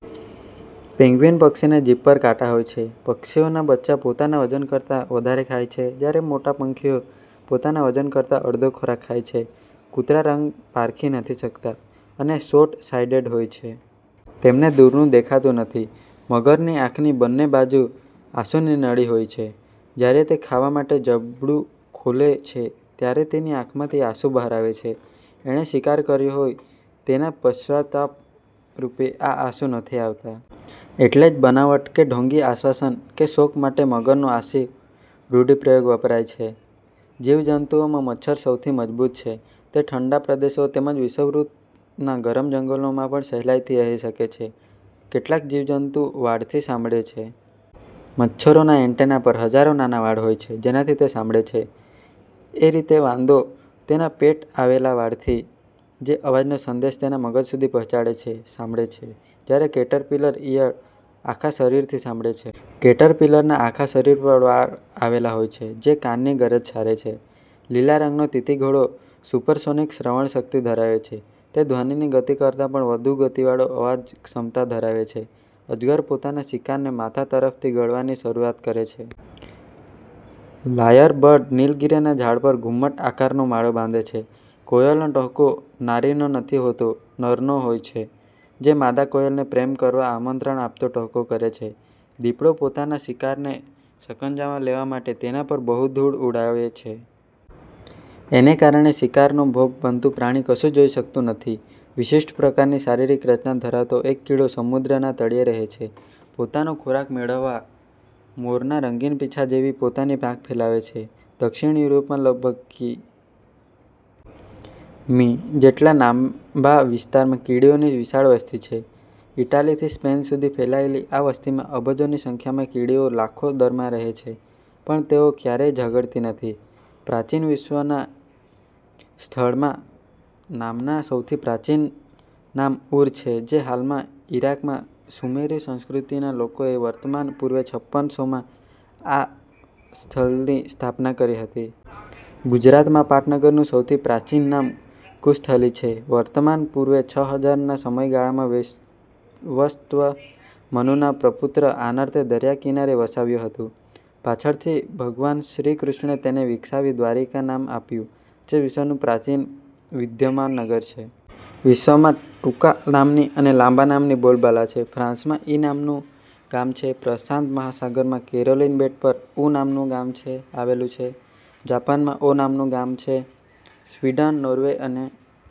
Penguin પક્ષીને જીભ પર કાંટા હોય છે. પક્ષીઓનાં બચ્ચાં પોતાના વજન કરતાં વધારે ખાય છે, જ્યારે મોટાં પંખીઓ પોતાના વજન કરતાં અડધો ખોરાક ખાય છે. કૂતરાં રંગ પારખી નથી શકતાં અને 'શોર્ટ સાઈટેડ હોય છે. તેમને દૂરનું દેખાતું નથી. મગરની આંખની બન્ને બાજુ આંસુની નળી હોય છે. જ્યારે તે ખાવા માટે જડબું ખોલે છે ત્યારે એની આંખમાંથી આંસુ બહાર આવે છે. એણે શિકાર કર્યો હોય તેના પશ્ચાતાપરૂપે આ આંસુ નથી આવતાં. એટલે જ બનાવટ કે ઢોંગી આશ્વાસન કે શોક માટે 'મગરનાં આંસુ' રૂઢિપ્રયોગ વપરાય છે. જીવજંતુઓમાં મચ્છર સૌથી મજબૂત છે. તે ઠંડા પ્રદેશો તેમજ વિષુવવૃતનાં ગરમ જંગલોમાં પણ સહેલાઈથી રહી શકે છે. કેટલાક જીવજંતુ વાળથી સાંભળે છે. મચ્છરોના એંટેના પર હજારો નાના વાળ હોય છે જેનાથી તે સાંભળે છે. એ રીતે વાંદો તેના પેટ આવેલા વાળથી, જે અવાજનો સંદેશ તેના મગજ સુધી પહોંચાડે છે, સાંભળે છે. જ્યારે કેટરપીલર ઈયળ આખા શરીરથી સાંભળે છે. કેટરપીલરના આખા શરીર પર વાળ આવેલા છે જે કાનની ગરજ સારે છે. લીલા રંગનો તીતીઘોડો સુપરસોનિક શ્રવણ શક્તિ ધરાવે છે. તે ધ્વનિની ગતિ કરતાં પણ વધુ ગતિવાળો અવાજ ક્ષમતા ધરાવે છે. અજગર પોતાના શિકારને માથા તરફથી ગળવાની શરૂઆત કરે છે. લાયર બર્ડ નિલગિરિના ઝાડ પર ઘુમ્મટ આકારનો માળો બાંધે છે. કોયલનો ટહુકો નારીનો નથી હોતો નરનો હોય છે, જે માદા કોયલને પ્રેમ કરવા આમંત્રણ આપતો ટહુકો કરે છે. દીપડો પોતાના શિકારને સકંજામાં લેવા માટે તેના પર બહુ ધૂળ ઉડાડે છે. એને કારણે શિકારનો ભોગ બનતું પ્રાણી કશું જોઈ શકતું નથી. વિશિષ્ટ પ્રકારની શરીરિક રચના ધરાવતો એક કીડો સમુદ્રના તળિયે રહે છે. પોતાનો ખોરાક મેળવવા મોરના રંગીન પીંછા જેવી પોતાની પાંખ ફેલાવે છે. દક્ષિણ યુરોપમાં લગભગ કિ. મી. જેટલા લાંબા વિસ્તારમાં કીડીઓની વિશાળ વસ્તી છે. ઈટાલીથી સ્પેન સુધી ફેલાયેલી આ વસ્તીમાં અબજોની સંખ્યામાં કીડીઓ લાખો દરમાં રહે છે. પણ તેઓ ક્યારેય ઝગડતી નથી. પ્રાચીન વિશ્વનાં સ્થળનાં નામમાં સૌથી પ્રાચીન નામ ઉર છે જે હાલના ઈરાકમાં સુમેરુ સંસ્કૃતિનાં લોકોએ વર્તમાન પૂર્વે છપ્પન સો માં આ સ્થલની સ્થાપના કરી હતી. ગુજરાતમાં પાટનગરનું સૌથી પ્રાચીનૅ નામ કુશસ્થલી છે. વર્તમાન પૂર્વે છ હજાર ના સમયગાળામાં વૈવસ્વત મનુના પ્રપુત્ર આનર્તે દરિયાકિનારે વસાવ્યું હતું. પાછળ થી ભગવાન શ્રી કૃષ્ણે તેને વિકસાવી દ્વારિકા નામ આપ્યું, જે વિશ્વનું સૌથી પ્રાચીન વિદ્યમાન નગર છે. વિશ્વમાં ટુંકા નામની અને લાંબા નામની બોલબાલાછે. ફ્રાંસમાં 'ઈ' નામનું ગામ છે. પ્રશાંત મહાસાગરમાં કેરોલિન બેટ પર 'ઉ' નામનું ગામ આવેલું છે. જાપાનમાં 'ઓ' નામનું ગામ છે. સ્વિડન, નોર્વે અને